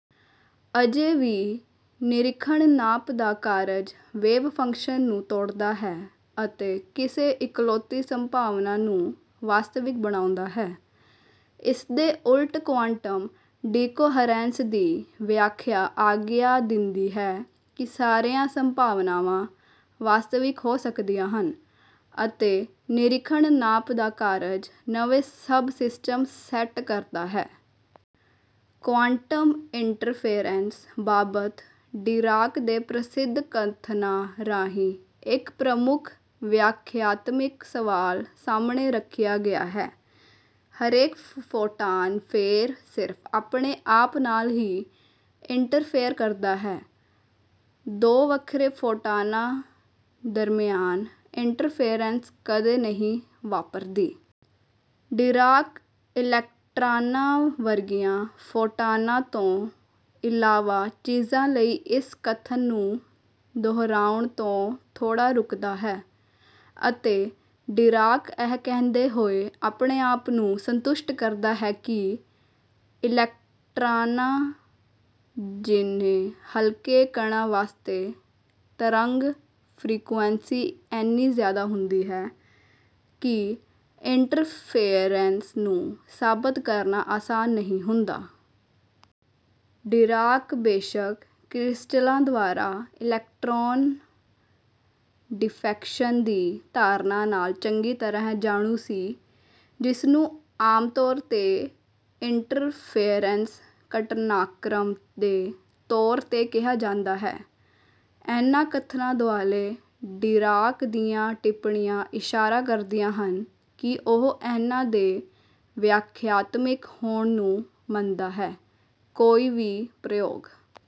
ਅਜੇ ਵੀ ਨਿਰੀਖਣ ਨਾਪ ਦਾ ਕਾਰਜ ਵੇਵ ਫੰਕਸ਼ਨ ਨੂੰ ਤੋੜਦਾ ਹੈ ਅਤੇ ਕਿਸੇ ਇਕਲੌਤੀ ਸੰਭਾਵਨਾ ਨੂੰ ਵਾਸਤਵਿਕ ਬਣਾਉਂਦਾ ਹੈ। ਇਸਦੇ ਉਲਟ ਕੁਆਂਟਮ ਡਿਕੋਹਰੈਂਸ ਦੀ ਵਿਆਖਿਆ ਆਗਿਆ ਦਿੰਦੀ ਹੈ ਕਿ ਸਾਰੀਆਂ ਸੰਭਾਵਨਾਵਾਂ ਵਾਸਤਵਿਕ ਹੋ ਸਕਦੀਆਂ ਹਨ, ਅਤੇ ਨਿਰੀਖਣ ਨਾਪ ਦਾ ਕਾਰਜ ਨਵੇਂ ਸਬ-ਸਿਸਟਮ ਸੈੱਟ ਕਰਦਾ ਹੈ। ਕੁਆਂਟਮ ਇੰਟਰਫੇਰੈਂਸ ਬਾਬਤ ਡੀਰਾਕ ਦੇ ਪ੍ਰਸਿੱਧ ਕਥਨਾਂ ਰਾਹੀਂ ਇੱਕ ਪ੍ਰਮੁੱਖ ਵਿਆਖਿਆਤਮਿਕ ਸਵਾਲ ਸਾਹਮਣੇ ਰੱਖਿਆ ਗਿਆ ਹੈ: "ਹਰੇਕ ਫੋਟਾਨ ਫੇਰ ਸਿਰਫ ਆਪਣੇ ਆਪ ਨਾਲ ਹੀ ਇੰਟਰਫੇਅਰ ਕਰਦਾ ਹੈ। ਦੋ ਵੱਖਰੇ ਫੋਟਾਨਾਂ ਦਰਮਿਆਨ ਇੰਟਰਫੇਅਰੈਂਸ ਕਦੇ ਨਹੀਂ ਵਾਪਰਦੀ।" ਡੀਰਾਕ ਇਲੈਕਟ੍ਰਾਨਾਂ ਵਰਗੀਆਂ ਫੋਟਾਨਾਂ ਤੋਂ ਇਲਾਵਾ ਚੀਜ਼ਾਂ ਲਈ ਇਸ ਕਥਨ ਨੂੰ ਦੁਹਰਾਉਣ ਤੋਂ ਥੋੜਾ ਰੁਕਦਾ ਹੈ ਅਤੇ ਡੀਰਾਕ ਇਹ ਕਹਿੰਦੇ ਹੋਏ ਆਪਣੇ ਆਪ ਨੂੰ ਸੰਤੁਸ਼ਟ ਕਰਦਾ ਹੈ ਕਿ, "ਇਲੈਕਟ੍ਰਾਨਾਂ ਜਿੰਨੇ ਹਲਕੇ ਕਣਾਂ ਵਾਸਤੇ ਤਰੰਗ ਫ੍ਰੀਕੁਐਂਸੀ ਇੰਨੀ ਜ਼ਿਆਦਾ ਹੁੰਦੀ ਹੈ ਕਿ ਇੰਟਰਫੇਅਰੈਂਸ ਨੂੰ ਸਾਬਤ ਕਰਨਾ ਆਸਾਨ ਨਹੀਂ ਹੁੰਦਾ।" ਡੀਰਾਕ ਬੇਸ਼ੱਕ ਕ੍ਰਿਸਟਲਾਂ ਦੁਆਰਾ ਇਲੈਕਟ੍ਰਾਨ ਡਿਫ੍ਰੈਕਸ਼ਨ ਦੀ ਧਾਰਨਾ ਨਾਲ ਚੰਗੀ ਤਰ੍ਹਾਂ ਜਾਣੂ ਸੀ, ਜਿਸਨੂੰ ਆਮਤੌਰ ਤੇ ਇੰਟਰਫੇਅਰੈਂਸ ਘਟਨਾਕ੍ਰਮ ਦੇ ਤੌਰ ਤੇ ਕਿਹਾ ਜਾਂਦਾ ਹੈ। ਇਹਨਾਂ ਕਥਨਾਂ ਦੁਆਲੇ ਡੀਰਾਕ ਦੀਆਂ ਟਿੱਪਣੀਆਂ ਇਸ਼ਾਰਾ ਕਰਦੀਆਂ ਹਨ ਕਿ ਉਹ ਇਹਨਾਂ ਦੇ ਵਿਆਖਿਆਤਮਿਕ ਹੋਣ ਨੂੰ ਮੰਨਦਾ ਹੈ। ਕੋਈ ਵੀ ਪ੍ਰਯੋਗ